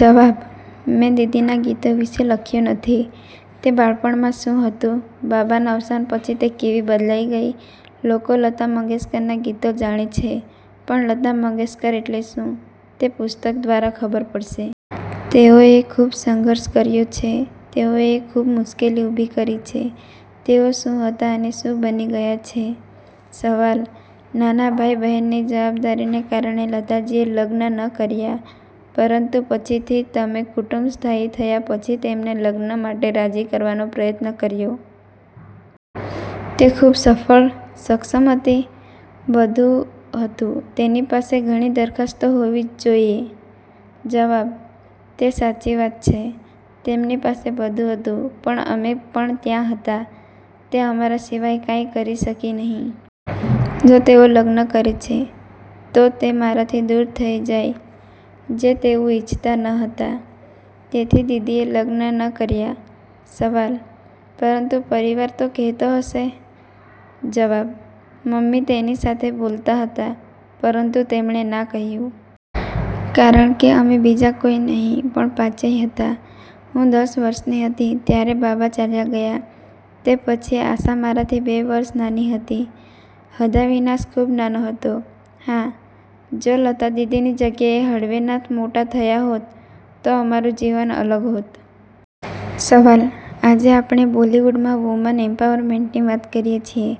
જવાબ: મેં દીદીના ગીતો વિશે લખ્યું નથી. તે બાળપણમાં શું હતું, બાબાના અવસાન પછી તે કેવી બદલાઈ ગઈ. લોકો લતા મંગેશકરના ગીતો જાણે છે, પણ લતા મંગેશકર એટલે શું તે પુસ્તક દ્વારા ખબર પડશે. તેઓએ ખૂબ સંઘર્ષ કર્યો છે, તેઓએ ખૂબ મુશ્કેલી ઉભી કરી છે, તેઓ શું હતા અને શું બની ગયા છે. સવાલ: નાના ભાઈ-બહેનની જવાબદારીને કારણે લતાજીએ લગ્ન ન કર્યા, પરંતુ પછીથી તમે કુટુંબ સ્થાયી થયા પછી તેમને લગ્ન માટે રાજી કરવાનો પ્રયત્ન કર્યો. તે ખૂબ સફળ, સક્ષમ હતી, બધું હતું, તેની પાસે ઘણી દરખાસ્તો હોવી જ જોઇએ? જવાબ: તે સાચી વાત છે, તેમની પાસે બધું હતું પણ અમે પણ ત્યાં હતા. તે અમારા સિવાય કાંઈ કરી શકી નહીં. જો તેઓ લગ્ન કરે છે, તો તે મારાથી દૂર થઈ જાય જે તેવું ઇચ્છતા ન હતા. તેથી દીદીએ લગ્ન ન કર્યા. સવાલ: પરંતુ પરિવાર તો કહેતો હશે? જવાબ: મમ્મી તેની સાથે બોલતા હતા, પરંતુ તેમણે ના કહ્યું. કારણ કે અમે બીજા કોઈ નહીં પણ પાંચેય હતા. હું દસ વર્ષની હતી ત્યારે બાબા ચાલ્યા ગયા. તે પછી આશા મારાથી બે વર્ષ નાની હતી. હદાવિનાથ ખૂબ નાનો હતો. હા, જો લતા દીદીની જગ્યાએ હડવેનાથ મોટા થયા હોત, તો અમારું જીવન અલગ હોત. સવાલ: આજે આપણે બોલિવૂડમાં વુમન એમ્પાવરમેન્ટની વાત કરીએ છીએ,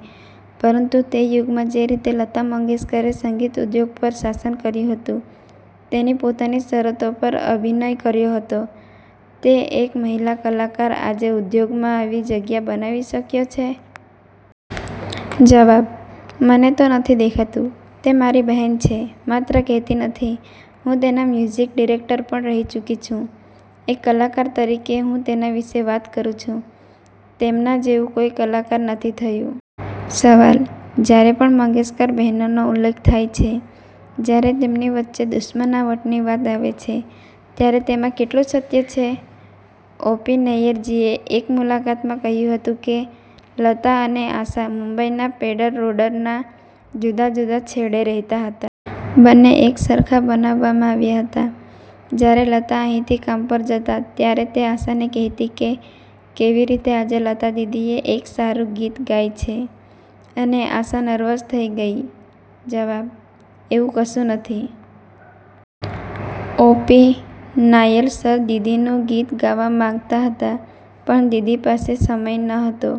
પરંતુ તે યુગમાં જે રીતે લતા મંગેશકરે સંગીત ઉદ્યોગ પર શાસન કર્યું હતું, તેની પોતાની શરતો પર અભિનય કર્યો હતો, તે એક મહિલા કલાકાર આજે ઉદ્યોગમાં આવી જગ્યા બનાવી શક્યો છે? જવાબ: મને તો નથી દેખાતું. તે મારી બહેન છે, માત્ર કહેતી નથી. હું તેના મ્યુઝિક ડિરેક્ટર પણ રહી ચૂકી છું, એક કલાકાર તરીકે હું તેના વિશે વાત કરું છું. તેમના જેવું કોઈ કલાકાર નથી થયું. સવાલ: જ્યારે પણ મંગેશકર બહેનોનો ઉલ્લેખ થાય છે, જ્યારે તેમની વચ્ચે દુશ્મનાવટની વાત આવે છે, ત્યારે તેમાં કેટલું સત્ય છે? ઓ. પી. નૈયર જીએ એક મુલાકાતમાં કહ્યું હતું કે, લતા અને આશા મુંબઈના પેડર રોડરના જુદા જુદા છેડે રહેતા હતા. બંને એકસરખા બનાવવામાં આવ્યા હતા. જ્યારે લતા અહીંથી કામ પર જતા ત્યારે તે આશાને કહેતી કે, કેવી રીતે આજે લતા દીદીએ એક સારું ગીત ગાય છે અને આશા નર્વસ થઈ ગઈ જવાબ: એવું કશું નથી. ઓ. પી. નાયર સર દિદીનું ગીત ગાવા માંગતા હતા. પણ દીદી પાસે સમય નહોતો.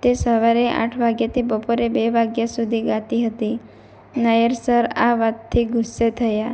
તે સવારે આઠ વાગ્યાથી બપોરે બે વાગ્યા સુધી ગાતી હતી. નાયર સર આ વાતથી ગુસ્સે થયા.